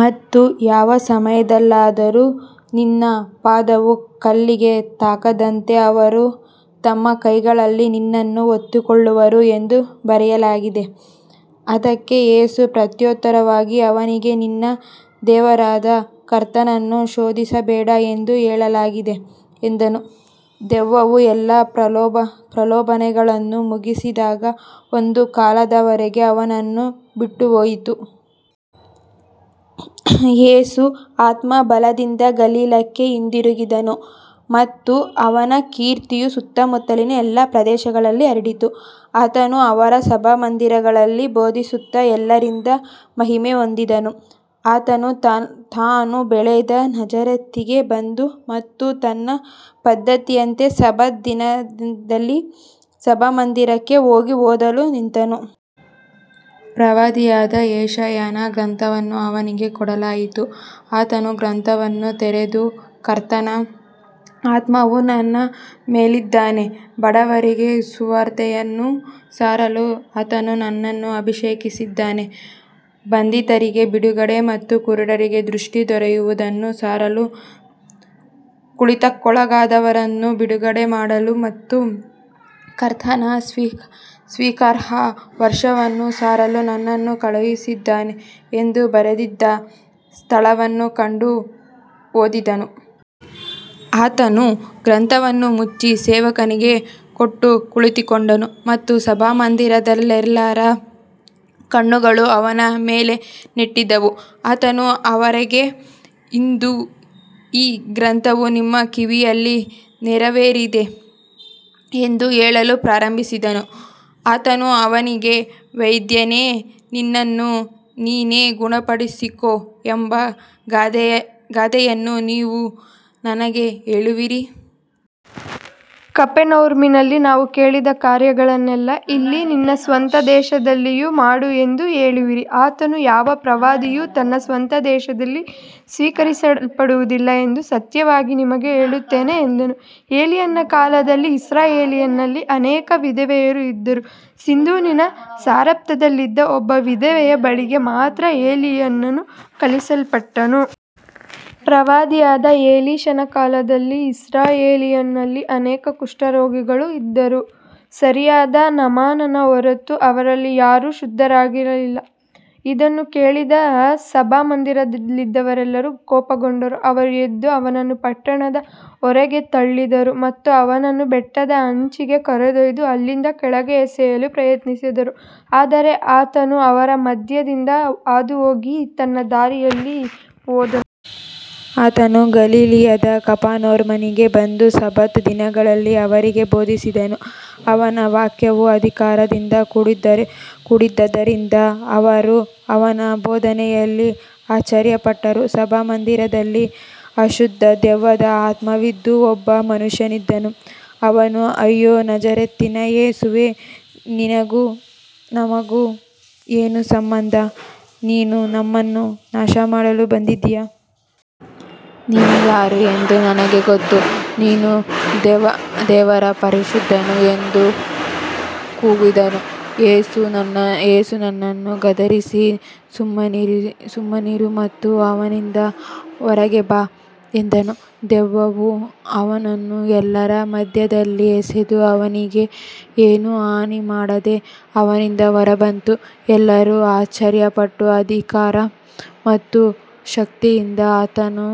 ಮತ್ತು ಯಾವ ಸಮಯದಲ್ಲಾದರೂ ನಿನ್ನ ಪಾದವು ಕಲ್ಲಿಗೆ ತಾಗದಂತೆ ಅವರು ತಮ್ಮ ಕೈಗಳಲ್ಲಿ ನಿನ್ನನ್ನು ಹೊತ್ತುಕೊಳ್ಳುವರು ಎಂದು ಬರೆಯಲಾಗಿದೆ. ಅದಕ್ಕೆ ಯೇಸು ಪ್ರತ್ಯುತ್ತರವಾಗಿ ಅವನಿಗೆ, ನಿನ್ನ ದೇವರಾದ ಕರ್ತನನ್ನು ಶೋಧಿಸಬೇಡ ಎಂದು ಹೇಳಲಾಗಿದೆ ಎಂದನು. ದೆವ್ವವು ಎಲ್ಲಾ ಪ್ರಲೋಭನೆಗಳನ್ನು ಮುಗಿಸಿದಾಗ ಒಂದು ಕಾಲದವರೆಗೆ ಅವನನ್ನು ಬಿಟ್ಟುಹೋಯಿತು. ಯೇಸು ಆತ್ಮದ ಬಲದಿಂದ ಗಲಿಲಾಯಕ್ಕೆ ಹಿಂದಿರುಗಿದನು ಮತ್ತು ಅವನ ಕೀರ್ತಿಯು ಸುತ್ತಮುತ್ತಲಿನ ಎಲ್ಲಾ ಪ್ರದೇಶಗಳಲ್ಲಿ ಹರಡಿತು. ಆತನು ಅವರ ಸಭಾಮಂದಿರಗಳಲ್ಲಿ ಬೋಧಿಸುತ್ತಾ ಎಲ್ಲರಿಂದ ಮಹಿಮೆ ಹೊಂದಿದನು. ಆತನು ತಾನು ಬೆಳೆದ ನಜರೇತಿಗೆ ಬಂದನು ಮತ್ತು ತನ್ನ ಪದ್ಧತಿಯಂತೆ ಸಬ್ಬತ್ ದಿನದಲ್ಲಿ ಸಭಾಮಂದಿರಕ್ಕೆ ಹೋಗಿ ಓದಲು ನಿಂತನು. ಪ್ರವಾದಿಯಾದ ಯೆಶಾಯನ ಗ್ರಂಥವನ್ನು ಅವನಿಗೆ ಕೊಡಲಾಯಿತು. ಆತನು ಗ್ರಂಥವನ್ನು ತೆರೆದು, ಕರ್ತನ ಆತ್ಮವು ನನ್ನ ಮೇಲಿದ್ದಾನೆ, ಬಡವರಿಗೆ ಸುವಾರ್ತೆಯನ್ನು ಸಾರಲು ಆತನು ನನ್ನನ್ನು ಅಭಿಷೇಕಿಸಿದ್ದಾನೆ, ಬಂಧಿತರಿಗೆ ಬಿಡುಗಡೆ ಮತ್ತು ಕುರುಡರಿಗೆ ದೃಷ್ಟಿ ದೊರೆಯುವುದನ್ನು ಸಾರಲು, ತುಳಿತಕ್ಕೊಳಗಾದವರನ್ನು ಬಿಡುಗಡೆಮಾಡಲು ಮತ್ತು ಕರ್ತನ ಸ್ವೀಕಾರಾರ್ಹ ವರ್ಷವನ್ನು ಸಾರಲು ನನ್ನನ್ನು ಕಳುಹಿಸಿದ್ದಾನೆ ಎಂದು ಬರೆದಿದ್ದ ಸ್ಥಳವನ್ನು ಕಂಡು ಓದಿದನು. ಆತನು ಗ್ರಂಥವನ್ನು ಮುಚ್ಚಿ ಸೇವಕನಿಗೆ ಕೊಟ್ಟು ಕುಳಿತುಕೊಂಡನು ಮತ್ತು ಸಭಾಮಂದಿರದಲ್ಲಿದ್ದವರೆಲ್ಲರ ಕಣ್ಣುಗಳು ಅವನ ಮೇಲೆ ನೆಟ್ಟಿದ್ದವು. ಆತನು ಅವರಿಗೆ, ಇಂದು ಈ ಗ್ರಂಥವು ನಿಮ್ಮ ಕಿವಿಯಲ್ಲಿ ನೆರವೇರಿದೆ ಎಂದು ಹೇಳಲು ಪ್ರಾರಂಭಿಸಿದನು. ಆತನು ಅವರಿಗೆ, ವೈದ್ಯನೇ, ನಿನ್ನನ್ನು ನೀನೇ ಗುಣಪಡಿಸಿಕೋ ಎಂಬ ಗಾದೆಯನ್ನು ನೀವು ನನಗೆ ಹೇಳುವಿರಿ. ಕಪೆರ್ನೌಮಿನಲ್ಲಿ ನಾವು ಕೇಳಿದ ಕಾರ್ಯಗಳನ್ನೆಲ್ಲ ಇಲ್ಲಿ ನಿನ್ನ ಸ್ವಂತ ದೇಶದಲ್ಲಿಯೂ ಮಾಡು ಎಂದು ಹೇಳುವಿರಿ. ಆತನು, ಯಾವ ಪ್ರವಾದಿಯೂ ತನ್ನ ಸ್ವಂತ ದೇಶದಲ್ಲಿ ಸ್ವೀಕರಿಸಲ್ಪಡುವುದಿಲ್ಲ ಎಂದು ಸತ್ಯವಾಗಿ ನಿಮಗೆ ಹೇಳುತ್ತೇನೆ ಎಂದನು. ಎಲೀಯನ ಕಾಲದಲ್ಲಿ ಇಸ್ರಾಯೇಲಿನಲ್ಲಿ ಅನೇಕ ವಿಧವೆಯರು ಇದ್ದರೂ ಸೀದೋನಿನ ಸಾರೆಪ್ತದಲ್ಲಿದ್ದ ಒಬ್ಬ ವಿಧವೆಯ ಬಳಿಗೆ ಮಾತ್ರ ಎಲೀಯನು ಕಳುಹಿಸಲ್ಪಟ್ಟನು. ಪ್ರವಾದಿಯಾದ ಎಲಿಷನ ಕಾಲದಲ್ಲಿ ಇಸ್ರಾಯೇಲಿನಲ್ಲಿ ಅನೇಕ ಕುಷ್ಠರೋಗಿಗಳು ಇದ್ದರೂ ಸಿರಿಯಾದ ನಾಮಾನನ ಹೊರತು ಅವರಲ್ಲಿ ಯಾರೂ ಶುದ್ಧರಾಗಲಿಲ್ಲ. ಇದನ್ನು ಕೇಳಿದ ಸಭಾಮಂದಿರದಲ್ಲಿದ್ದವರೆಲ್ಲರೂ ಕೋಪಗೊಂಡರು. ಅವರು ಎದ್ದು ಅವನನ್ನು ಪಟ್ಟಣದ ಹೊರಗೆ ತಳ್ಳಿದರು ಮತ್ತು ಅವನನ್ನು ಬೆಟ್ಟದ ಅಂಚಿಗೆ ಕರೆದೊಯ್ದು ಅಲ್ಲಿಂದ ಕೆಳಗೆ ಎಸೆಯಲು ಪ್ರಯತ್ನಿಸಿದರು. ಆದರೆ ಆತನು ಅವರ ಮಧ್ಯದಿಂದ ಹಾದುಹೋಗಿ ತನ್ನ ದಾರಿಯಲ್ಲಿ ಹೋದನು. ಆತನು ಗಲಿಲಾಯದ ಕಪೆರ್ನೌಮಿಗೆ ಬಂದು ಸಬ್ಬತ್ ದಿನಗಳಲ್ಲಿ ಅವರಿಗೆ ಬೋಧಿಸಿದನು. ಅವನ ವಾಕ್ಯವು ಅಧಿಕಾರದಿಂದ ಕೂಡಿದ್ದುದರಿಂದ ಅವರು ಅವನ ಬೋಧನೆಯಲ್ಲಿ ಆಶ್ಚರ್ಯಪಟ್ಟರು. ಸಭಾಮಂದಿರದಲ್ಲಿ ಅಶುದ್ಧ ದೆವ್ವದ ಆತ್ಮವಿದ್ದ ಒಬ್ಬ ಮನುಷ್ಯನಿದ್ದನು. ಅವನು, ಅಯ್ಯೋ, ನಜರೇತಿನ ಯೇಸುವೇ, ನಿನಗೂ ನಮಗೂ ಏನು ಸಂಬಂಧ. ನೀನು ನಮ್ಮನ್ನು ನಾಶಮಾಡಲು ಬಂದೆಯಾ. ನೀನು ಯಾರು ಎಂದು ನನಗೆ ಗೊತ್ತು, ನೀನು ದೇವರ ಪರಿಶುದ್ಧನು ಎಂದು ಕೂಗಿದನು. ಯೇಸು ಅವನನ್ನು ಗದರಿಸಿ, ಸುಮ್ಮನಿರು ಮತ್ತು ಅವನಿಂದ ಹೊರಗೆ ಬಾ ಎಂದನು. ದೆವ್ವವು ಅವನನ್ನು ಎಲ್ಲರ ಮಧ್ಯದಲ್ಲಿ ಎಸೆದು ಅವನಿಗೆ ಏನೂ ಹಾನಿಮಾಡದೆ ಅವನಿಂದ ಹೊರಬಂದಿತು. ಎಲ್ಲರೂ ಆಶ್ಚರ್ಯಪಟ್ಟು, ಅಧಿಕಾರ ಮತ್ತು ಶಕ್ತಿಯಿಂದ ಆತನು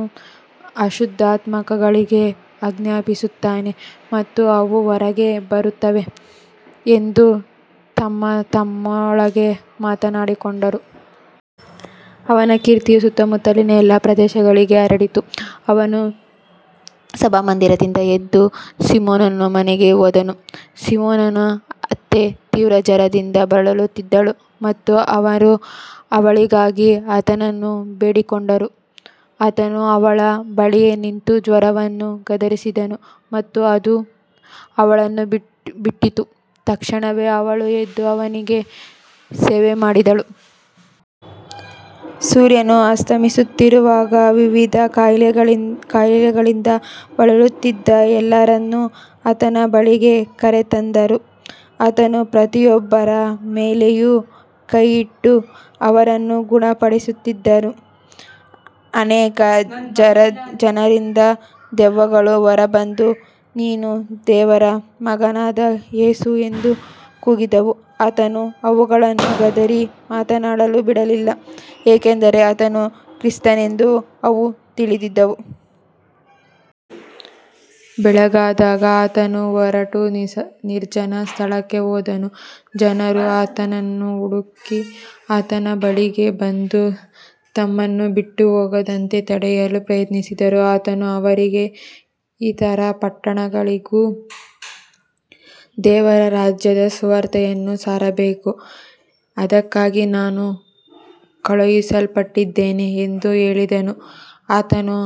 ಅಶುದ್ಧಾತ್ಮಗಳಿಗೆ ಆಜ್ಞಾಪಿಸುತ್ತಾನೆ ಮತ್ತು ಅವು ಹೊರಗೆ ಬರುತ್ತವೆ ಎಂದು ತಮ್ಮತಮ್ಮೊಳಗೆ ಮಾತನಾಡಿಕೊಂಡರು. ಅವನ ಕೀರ್ತಿಯು ಸುತ್ತಮುತ್ತಲಿನ ಎಲ್ಲಾ ಪ್ರದೇಶಗಳಿಗೆ ಹರಡಿತು. ಆತನು ಸಭಾಮಂದಿರದಿಂದ ಎದ್ದು ಸೀಮೋನನ ಮನೆಗೆ ಹೋದನು. ಸೀಮೋನನ ಅತ್ತೆ ತೀವ್ರ ಜ್ವರದಿಂದ ಬಳಲುತ್ತಿದ್ದಳು ಮತ್ತು ಅವರು ಅವಳಿಗಾಗಿ ಆತನನ್ನು ಬೇಡಿಕೊಂಡರು. ಆತನು ಅವಳ ಬಳಿಯಲ್ಲಿ ನಿಂತು ಜ್ವರವನ್ನು ಗದರಿಸಿದನು ಮತ್ತು ಅದು ಅವಳನ್ನು ಬಿಟ್ಟಿತು. ತಕ್ಷಣವೇ ಅವಳು ಎದ್ದು ಅವರಿಗೆ ಸೇವೆಮಾಡಿದಳು. ಸೂರ್ಯನು ಅಸ್ತಮಿಸುತ್ತಿರುವಾಗ ವಿವಿಧ ಕಾಯಿಲೆಗಳಿಂದ ಬಳಲುತ್ತಿದ್ದ ಎಲ್ಲರನ್ನು ಆತನ ಬಳಿಗೆ ಕರೆತಂದರು. ಆತನು ಪ್ರತಿಯೊಬ್ಬರ ಮೇಲೆಯೂ ಕೈಯಿಟ್ಟು ಅವರನ್ನು ಗುಣಪಡಿಸಿದನು. ಅನೇಕ ಜನರಿಂದ ದೆವ್ವಗಳು ಹೊರಬಂದು, ನೀನು ದೇವರ ಮಗನಾದ ಕ್ರಿಸ್ತನು ಎಂದು ಕೂಗಿದವು. ಆತನು ಅವುಗಳನ್ನು ಗದರಿಸಿ ಮಾತನಾಡಲು ಬಿಡಲಿಲ್ಲ, ಏಕೆಂದರೆ ಆತನೇ ಕ್ರಿಸ್ತನೆಂದು ಅವು ತಿಳಿದಿದ್ದವು. ಬೆಳಗಾದಾಗ ಆತನು ಹೊರಟು ನಿರ್ಜನ ಸ್ಥಳಕ್ಕೆ ಹೋದನು. ಜನರು ಆತನನ್ನು ಹುಡುಕಿ ಆತನ ಬಳಿಗೆ ಬಂದು, ತಮ್ಮನ್ನು ಬಿಟ್ಟುಹೋಗದಂತೆ ತಡೆಯಲು ಪ್ರಯತ್ನಿಸಿದರು. ಆತನು ಅವರಿಗೆ, ಇತರ ಪಟ್ಟಣಗಳಿಗೂ ದೇವರ ರಾಜ್ಯದ ಸುವಾರ್ತೆಯನ್ನು ಸಾರಬೇಕು. ಅದಕ್ಕಾಗಿ ನಾನು ಕಳುಹಿಸಲ್ಪಟ್ಟಿದ್ದೇನೆ ಎಂದು ಹೇಳಿದನು. ಆತನು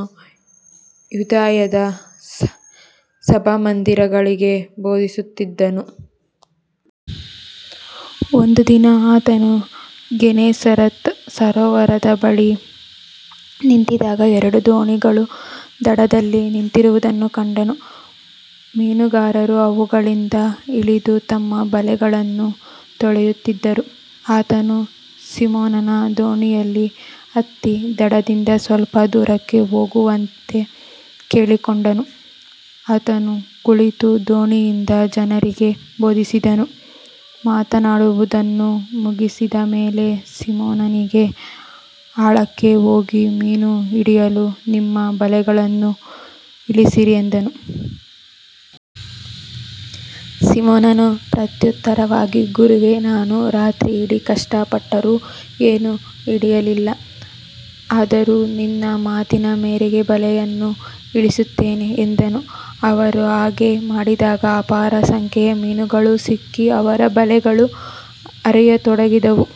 ಯೂದಾಯದ ಸಭಾಮಂದಿರಗಳಲ್ಲಿ ಬೋಧಿಸುತ್ತಿದ್ದನು. ಒಂದು ದಿನ ಆತನು ಗೆನೆಸರೇತ್ ಸರೋವರದ ಬಳಿ ನಿಂತಿದ್ದಾಗ ಎರಡು ದೋಣಿಗಳು ದಡದಲ್ಲಿ ನಿಂತಿರುವುದನ್ನು ಕಂಡನು. ಮೀನುಗಾರರು ಅವುಗಳಿಂದ ಇಳಿದು ತಮ್ಮ ಬಲೆಗಳನ್ನು ತೊಳೆಯುತ್ತಿದ್ದರು. ಆತನು ಸೀಮೋನನ ದೋಣಿಯಲ್ಲಿ ಹತ್ತಿ ದಡದಿಂದ ಸ್ವಲ್ಪ ದೂರಕ್ಕೆ ಹೋಗುವಂತೆ ಕೇಳಿಕೊಂಡನು. ಆತನು ಕುಳಿತು ದೋಣಿಯಿಂದ ಜನರಿಗೆ ಬೋಧಿಸಿದನು. ಮಾತನಾಡುವುದನ್ನು ಮುಗಿಸಿದ ಮೇಲೆ ಸೀಮೋನನಿಗೆ, ಆಳಕ್ಕೆ ಹೋಗಿ ಮೀನು ಹಿಡಿಯಲು ನಿಮ್ಮ ಬಲೆಗಳನ್ನು ಇಳಿಸಿರಿ ಎಂದನು. ಸೀಮೋನನು ಪ್ರತ್ಯುತ್ತರವಾಗಿ, ಗುರುವೇ, ನಾವು ರಾತ್ರಿಯಿಡೀ ಕಷ್ಟಪಟ್ಟರೂ ಏನೂ ಹಿಡಿಯಲಿಲ್ಲ. ಆದರೂ ನಿನ್ನ ಮಾತಿನ ಮೇರೆಗೆ ಬಲೆಗಳನ್ನು ಇಳಿಸುತ್ತೇನೆ ಎಂದನು. ಅವರು ಹಾಗೆ ಮಾಡಿದಾಗ ಅಪಾರ ಸಂಖ್ಯೆಯ ಮೀನುಗಳು ಸಿಕ್ಕಿ ಅವರ ಬಲೆಗಳು ಹರಿಯತೊಡಗಿದವು.